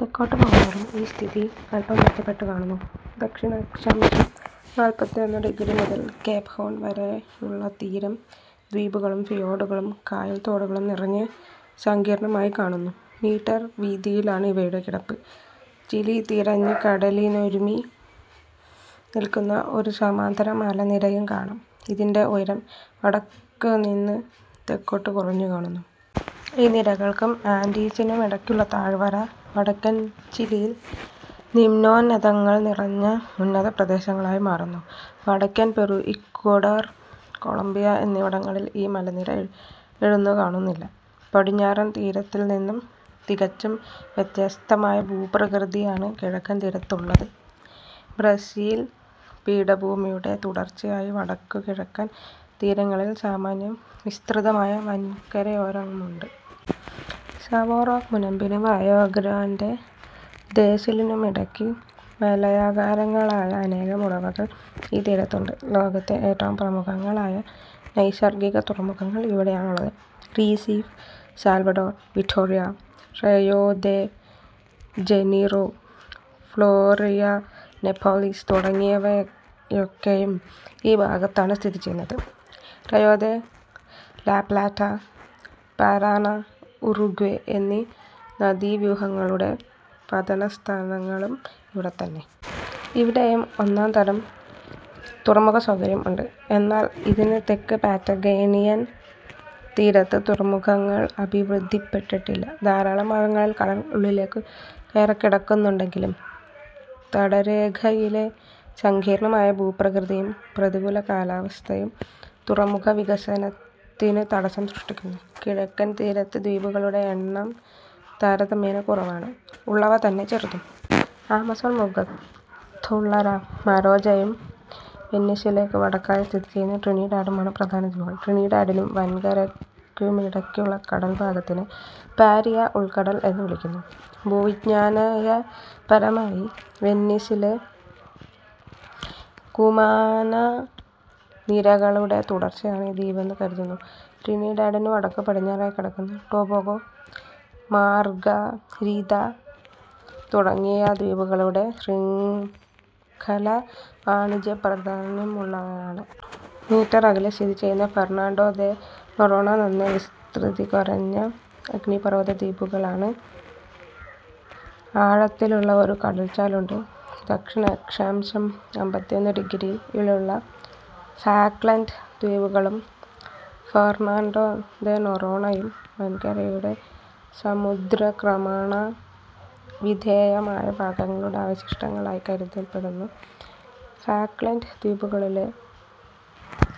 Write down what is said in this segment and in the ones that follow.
തെക്കോട്ടു പോകുന്തോറും ഈ സ്ഥിതി അല്പം മെച്ചപ്പെട്ടു കാണുന്നു. ദക്ഷിണഅക്ഷാംശം നാൽപത്തിയൊന്ന് ഡിഗ്രി മുതൽ കേപ്ഹോൺ വരെയുള്ള തീരം ദ്വീപുകളും ഫിയോഡുകളും, കായൽ തോടുകളും നിറഞ്ഞ് സങ്കീർണമായിക്കാണുന്നു. മീറ്റർ വിതീയിലാണ് ഇവയുടെ കിടപ്പ്. ചിലി തീരത്ത് കടലിനോടുരുമ്മി നിൽക്കുന്ന ഒരു സമാന്തര മലനിരയും കാണാം. ഇതിന്റെ ഉയരം വടക്ക് നിന്നു തെക്കോട്ടു കുറഞ്ഞുകാണുന്നു. ഈ നിരകൾക്കും ആൻഡീസുനുമിടയ്ക്കുള്ള താഴ്‌വര വടക്കൻ ചിലിയിൽ നിമ്നോന്നതങ്ങൾ നിറഞ്ഞ ഉന്നതപ്രദേശങ്ങളായി മാറുന്നു. വടക്കൻ പെറു, ഇക്വഡോർ, കൊളംബിയ എന്നിവിടങ്ങളിൽ ഈ മലനിര എഴുന്നുകാണുന്നില്ല. പടിഞ്ഞാറൻ തീരത്തിൽനിന്നും തികച്ചും വ്യത്യസ്തമായ ഭൂപ്രകൃതിയാണ് കിഴക്കൻ തീരത്തിലുള്ളത്. ബ്രസീൽ പീഠഭൂമിയുടെ തുടർച്ചയായി വടക്കുകിഴക്കൻ തീരങ്ങളിൽ സാമാന്യം വിസ്തൃതമായ വൻകരയോരമുണ്ട്. സവോറോക് മുനമ്പിനും റയോഗ്രാന്റേദോസുലിനുമിടയ്ക്കു വലയാകാരങ്ങളായ അനേകം ഉടവകൾ ഈ തീരത്തുണ്ട്. ലോകത്തെ ഏറ്റവും പ്രമുഖങ്ങളായ നൈസർഗിക തുറമുഖങ്ങൾ ഇവിടെയാണുള്ളത്. Recife, Salvador, Vitoria, Rio de Janeiro, Florianopolis തുടങ്ങിയവയൊക്കെയും ഈ ഭാഗത്താണു സ്ഥിതിചെയ്യുന്നത്. Rio de la Plata, Parana, Uruguay എന്നീ നദീവ്യൂഹങ്ങളുടെ പതനസ്ഥാനങ്ങളും ഇവിടെ തന്നെ. ഇവിടെയും ഒന്നാംതരം തുറമുഖ സൗകര്യം ഉണ്ട്. എന്നാൽ ഇതിനു തെക്ക് പാറ്റഗോണിയൻ തീരത്തു തുറമുഖങ്ങൾ അഭിവൃദ്ധിപ്പെട്ടിട്ടില്ല. ധാരാളം ഭാഗങ്ങളിൽ കടൽ ഉള്ളിലേക്കു കയറിക്കിടക്കുന്നുണ്ടെങ്കിലും തടരേഖയിലെ സങ്കീർണമായ ഭൂപ്രകൃതിയും പ്രതികൂല കാലാവസ്ഥയും തുറമുഖവികസനത്തിനു തടസ്സം സൃഷ്ടിക്കുന്നു. കിഴക്കൻ തീരത്തു ദ്വീപുകളുടെ എണ്ണം താരതമ്യേന കുറവാണ്. ഉള്ളവ നന്നെ ചെറുതും. ആമസോൺ മുഖത്തുള്ള മരാജോയും വെനിസ്വേലക്കു വടക്കായി സ്ഥിതിചെയ്യുന്ന ട്രിനിഡാഡും ആണ് പ്രധാനദ്വീപുകൾ. ട്രിനിഡാഡിനും വൻകരക്കുമിടക്കുള്ള കടൽഭാഗത്തിനെ പാരിയാ ഉൾക്കടൽ എന്നു വിളിക്കുന്നു. ഭൂവിജ്ഞാനീയപരമായി വെനിസ്വേലയിലെ കുമാനാനിരകളുടെ തുടർച്ചയാണ് ഈ ദ്വീപെന്നു കരുതുന്നു. ട്രിനിഡാഡിനു വടക്ക് പടിഞ്ഞാറായി കിടക്കുന്ന ടോബാഗോ, മാർഗരീതാ തുടങ്ങിയ ദ്വീപുകളുടെ ശൃംഖല വാണിജ്യപ്രാധാന്യമുള്ളവയാണ്. മീറ്റർ അകലെ സ്ഥിതിചെയ്യുന്ന ഫെർണാണ്ടോ ദെ നൊറോണ നന്നേ വിസ്തൃതി കുറഞ്ഞ അഗ്നിപർവതദ്വീപുകളാണ്. ആഴത്തിലുള്ള ഒരു കടൽച്ചാലുണ്ട്. ദക്ഷിണഅക്ഷാംശം അമ്പത്തിയൊന്ന് ഡിഗ്രിയിലുള്ള ഫാക്ലൻഡ് ദ്വീപുകളും ഫർണാണ്ടോ ദേ നൊറോണയും വൻകരയുടെ സമുദ്രാക്രമണവിധേയമായ ഭാഗങ്ങളുടെ അവശിഷ്ടങ്ങളായി കരുതപ്പെടുന്നു. ഫാക്ലൻഡ് ദ്വീപുകളിലെ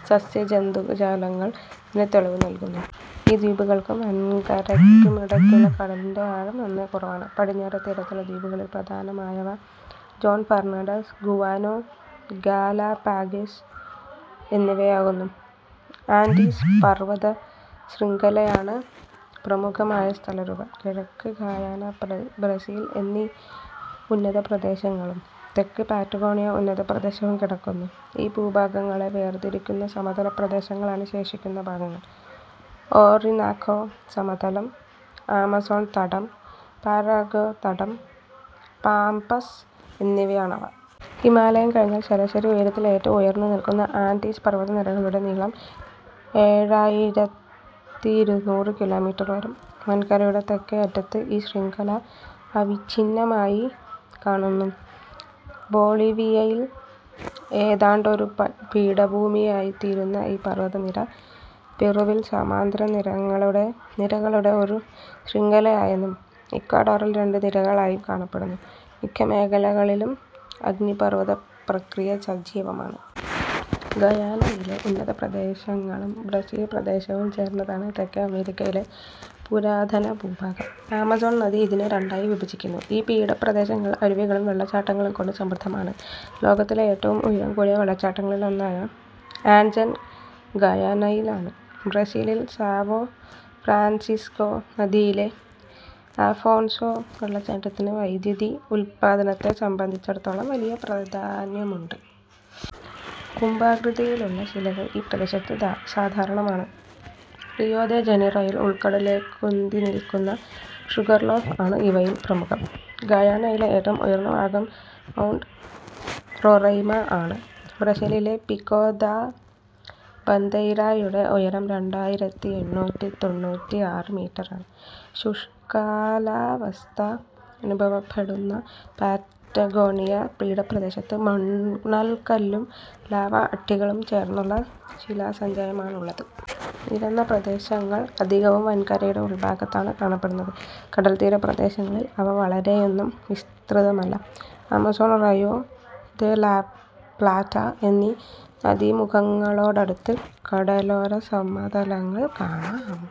സസ്യജന്തുജാലങ്ങൾ ഇതിനു തെളിവു നൽകുന്നു. ഈ ദ്വീപുകൾക്കും വൻകരക്കുമിടക്കുള്ള കടലിന്റെ ആഴം നന്നേ കുറവാണ്. പടിഞ്ഞാറേ തീരത്തുള്ള ദ്വീപുകളിൽ പ്രധാനമായവ ജോൻ ഫെർണാണ്ടസ്, ഗുവാനോ, ഗാലപഗോസ് എന്നിവയാകുന്നു. ആൻഡീസ് പർവതശൃംഖലയാണ് പ്രമുഖമായ സ്ഥലരൂപം. കിഴക്ക് ഗയാന, ബ്രസീൽ എന്നീ ഉന്നതപ്രദേശങ്ങളും തെക്ക് പാറ്റഗോണിയ ഉന്നതപ്രദേശവും കിടക്കുന്നു. ഈ ഭൂഭാഗങ്ങളെ വേർതിരിക്കുന്ന സമതലപ്രദേശങ്ങളാണ് ശേഷിക്കുന്ന ഭാഗങ്ങൾ ഓറിനാക്കോ സമതലം, ആമസോൺതടം, പരാഗ്വേതടം, പാംപസ് എന്നിവയാണവ. ഹിമാലയം കഴിഞ്ഞാൽ ശരാശരി ഉയരത്തിൽ ഏറ്റവും ഉയർന്നുനിൽക്കുന്ന ആൻഡീസ് പർവതനിരകളുടെ നീളം ഏഴായിരത്തിഇരുനൂറ് കിലോമീറ്റർ വരും. വൻകരയുടെ തെക്കേ അറ്റത്ത് ഈ ശൃംഖല അവിച്ഛിന്നമായി കാണുന്നു. ബൊളീവിയയിൽ ഏതാണ്ടൊരു പീഠഭൂമിയായിത്തീരുന്ന ഈ പർവതനിര പെറുവിൽ സമാന്തരനിരകളുടെ ഒരു ശൃംഖലയായും ഇക്വഡോറിൽ രണ്ടു നിരകളായും കാണപ്പെടുന്നു. മിക്ക മേഖലകളിലും അഗ്നിപർവതപ്രക്രിയ സജീവമാണ്. ഗയാനയിലെ ഉന്നതപ്രദേശങ്ങളും ബ്രസീൽ പ്രദേശവും ചേർന്നതാണ് തെക്കേ അമേരിക്കയിലെ പുരാതനഭൂഭാഗം. ആമസോൺ നദി ഇതിനെ രണ്ടായി വിഭജിക്കുന്നു. ഈ പീഠപ്രദേശങ്ങൾ അരുവികളും വെള്ളച്ചാട്ടങ്ങളും കൊണ്ട് സമൃദ്ധമാണ്. ലോകത്തിലെ ഏറ്റവും ഉയരംകൂടിയ വെള്ളച്ചാട്ടങ്ങളിൽ ഒന്നായ ആൻജെൻ ഗയാനയിലാണ്. ബ്രസീലിൽ സവോ ഫ്രാൻസിസ്കോ നദിയിലെ അഫോൻസോ വെള്ളച്ചാട്ടത്തിന് വൈദ്യുതി ഉൽപാദനത്തെ സംബന്ധിച്ചിടത്തോളം വലിയ പ്രാധാന്യമുണ്ട്. കുംഭാകൃതിയിലുള്ള ശിലകൾ ഈ പ്രദേശത്തു സാധാരണമാണ്. റിയോ ദെ ജനീറോയിൽ ഉൾക്കടലിലേക്കുന്തിനിൽക്കുന്ന ഷുഗർലോഫ് ആണ് ഇവയിൽ പ്രമുഖം. ഗയാനയിലെ ഏറ്റവും ഉയർന്ന ഭാഗം മൗണ്ട് റൊറെയ്മ ആണ്. ബ്രസീലിലെ പികോ ദാ ബന്ദെയ്രായുടെ ഉയരം രണ്ടായിരത്തിഎണ്ണൂറ്റിതൊണ്ണൂറ്റിആറ് മീറ്റർ ആണ്. ശുഷ്കകാലാവസ്ഥ അനുഭവപ്പെടുന്ന പാറ്റഗോണിയ പീഠപ്രദേശത്ത് മണൽക്കല്ലും ലാവാ അട്ടികളും ചേർന്നുള്ള ശിലാസഞ്ചയമാണുള്ളത്. നിരന്നപ്രദേശങ്ങൾ അധികവും വൻകരയുടെ ഉൾഭാഗത്താണ് കാണപ്പെടുന്നത്. കടൽത്തീരപ്രദേശങ്ങളിൽ അവ വളരെയൊന്നും വിസ്തൃതമല്ല. ആമസോൺ, റയോ ദെ ലാപ്ലാറ്റ എന്നീ നദീമുഖങ്ങളോടടുത്ത് കടലോരസമതലങ്ങൾ കാണാം.